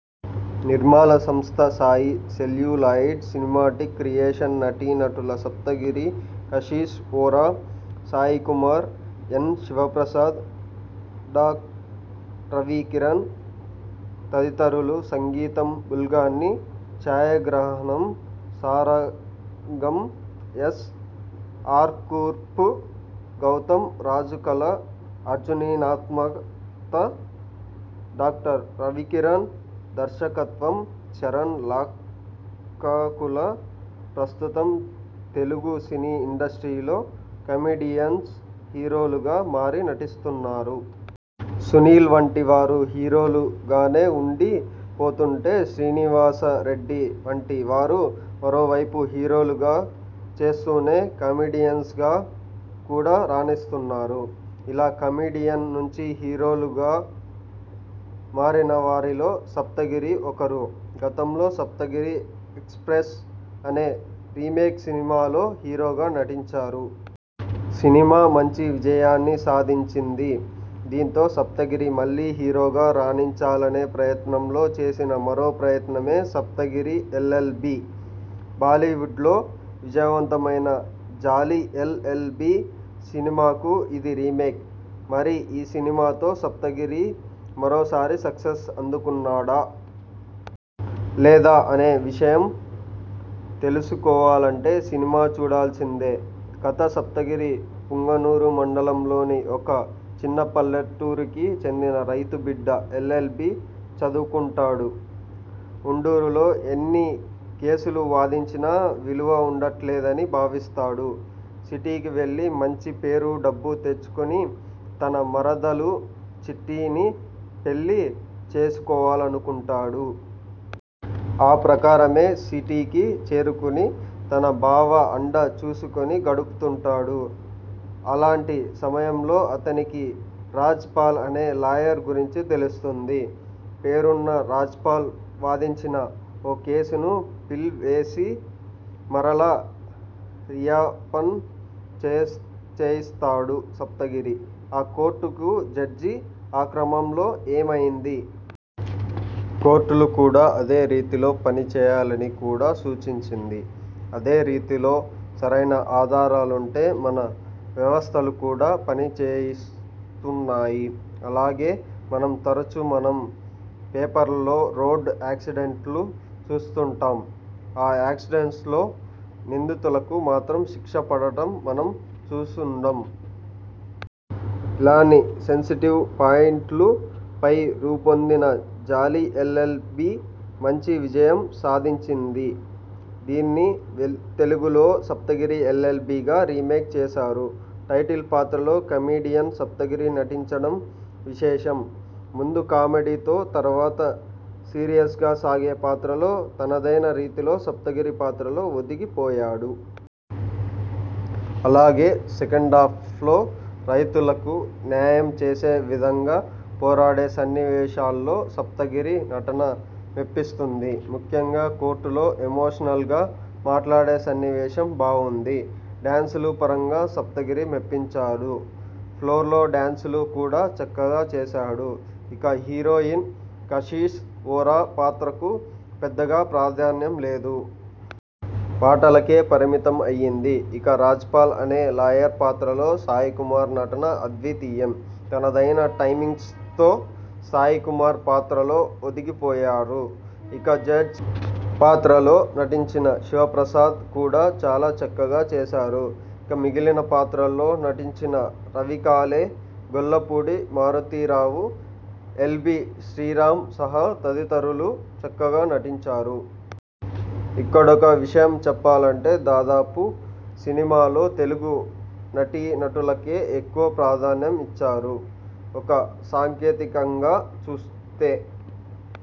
నిర్మాణ సంస్థ Sai celluloid cinematic creations నటీ నటులు సప్తగిరి, కశిష్ వోరా, సాయి కుమార్, ఎన్. శివప్రసాద్, డా. రవి కిరణ్ తదితరులు సంగీతం బుల్గాని ఛాయాగ్రహణం సారంగం ఎస్. ఆర్కూర్పు గౌతం రాజుకళ అర్జున్నిర్మాత డా. రవికిరణ్ ధర్శకత్వం చరణ్ లక్కాకుల ప్రస్తుతం తెలుగు సినీ ఇండస్ట్రీలో కమెడియన్స్ హీరోలుగా మారి నటిస్తున్నారు. సునీల్ వంటి వారు హీరోలు గానే ఉండి పోతుంటే, శ్రీనివాస రెడ్డి వంటి వారు మరో వైపు హీరోలుగా చేస్తూనే కమెడియన్స్గా కూడా రాణిస్తున్నారు. ఇలా కమెడియన్ నుండి హీరోగా మారిన వారిలో సప్తగిరి ఒకరు. గతంలో సప్తగిరి ఎక్స్ప్రెస్ అనే రీమేక్ సినిమాలో హీరోగా నటించాడు. సినిమా మంచి విజయాన్ని సాధించింది. దీంతో సప్తగిరి మళ్లీ హీరోగా రాణించాలనే ప్రయత్నంలో చేసిన మరో ప్రయత్నమే సప్తగిరి ఎల్. ఎల్. బి. బాలీవుడ్లో విజయవంతమైన జాలీ ఎల్. ఎల్. బి సినిమాకు ఇది రీమేక్. మరి ఈ సినిమాతో సప్తగిరి మరోసారి సక్సెస్ అందుకున్నాడా? లేదా? అనే విషయం తెలుసు కోవాలంటే సినిమా చూడాల్సిందే. కథ సప్తగిరి పుంగనూరు మండలంలోని ఒక చిన్న పల్లెటూరికి చెందిన రైతు బిడ్డ. ఎల్ ఎల్ బీ చదువుకుంటాడు. ఉండూరులో ఎన్ని కేసులు వాదించినా విలువ ఉండట్లేదని భావిస్తాడు. సిటీకి వెళ్లి మంచి పేరు, డబ్బు తెచ్చుకుని తన మరదలు చిట్టి ని పెళ్లి చేసుకోవాలనుకుంటాడు. ఆ ప్రకారమే సిటీకి చేరుకుని తన బావ అండ చూసుకుని గడుపుతుంటాడు. అలాంటి సమయంలో అతనికి రాజ్ పాల్ అనే లాయర్ గురించి తెలుస్తుంది. పేరున్న రాజ్పాల్ వాదించిన ఓ కేసును పిల్ వేసి మరలా రియోపన్ చేయిస్తాడు సప్తగిరి. ఆ కోర్టుకు జడ్జి. ఆ క్రమంలో ఏమైంది? కోర్టులు కూడా అదే రీతితో పని చేయాలని కూడా సూచించింది. అదే రీతిలో సరైన ఆధారాలుంటే మన వ్యవస్థలు కూడా పని చేస్తున్నాయి. అలాగే మనం తరుచు మనం పేపర్లలో రోడ్ యాక్సిడెంట్స్ను చూస్తుంటాం. ఆ యాక్సిడెంట్స్లో నిందితులకు మాత్రం శిక్ష పడటం మనం చూసుండం. ఇలాంటి సెన్సిటివ్ పాయింట్ను పై రూపొందిన జాలీ ఎల్. ఎల్. బి మంచి విజయం సాధించింది. దీన్ని తెలుగులో సప్తగిరి ఎల్. ఎల్. బిగా రీమేక్ చేశారు. టైటిల్ పాత్రలో కమెడియన్ సప్తగిరి నటించడం విశేషం. ముందు కామెడీతో తర్వాత సీరియస్గా సాగే పాత్రలో తనదైన రీతిలో సప్తగిరి పాత్రలో ఒదిగి పోయాడు. అలాగే సెకండాఫ్లో రైతులకు న్యాయం చేసే విధంగా పోరాడే సన్నివేశాల్లో సప్తగిరి నటన మెప్పిస్తుంది. ముఖ్యంగా కోర్టులో ఎమోషనల్గా మాట్లాడే సన్నివేశం బావుంది. డ్యాన్సులు పరంగా సప్తగిరి మెప్పించాడు. ఫ్లోర్ డ్యాన్సులు కూడా చక్కగా చేశాడు. ఇక హీరోయిన్ కశిష్ వోరా పాత్రకు పెద్దగా ప్రాధాన్యం లేదు. పాటలకే పరిమితం అయ్యింది. ఇక రాజ్పాల్ అనే లాయర్ పాత్రలో సాయి కుమార్ నటన అద్వితీయం. తనదైన టైమింగ్తో సాయి కుమార్ పాత్రలో ఒదిగి పోయారు. ఇక జడ్జ్ పాత్రలో నటించిన శివప్రసాద్ కూడా చాలా చక్కగా చేశారు. ఇక మిగిలిన పాత్రల్లో నటించిన రవికాలే, గొల్లపూడి మారుతీ రావు, ఎల్బీ శ్రీరాం సహా తదితరులు చక్కగా నటించారు. ఇక్కడొక విషయం చెప్పాలంటే, దాదాపు సినిమాలో తెలుగు నటీ నటులకే ఎక్కువ ప్రాధానం ఇచ్చారు. ఇక సాంకేతికంగా చూస్తే.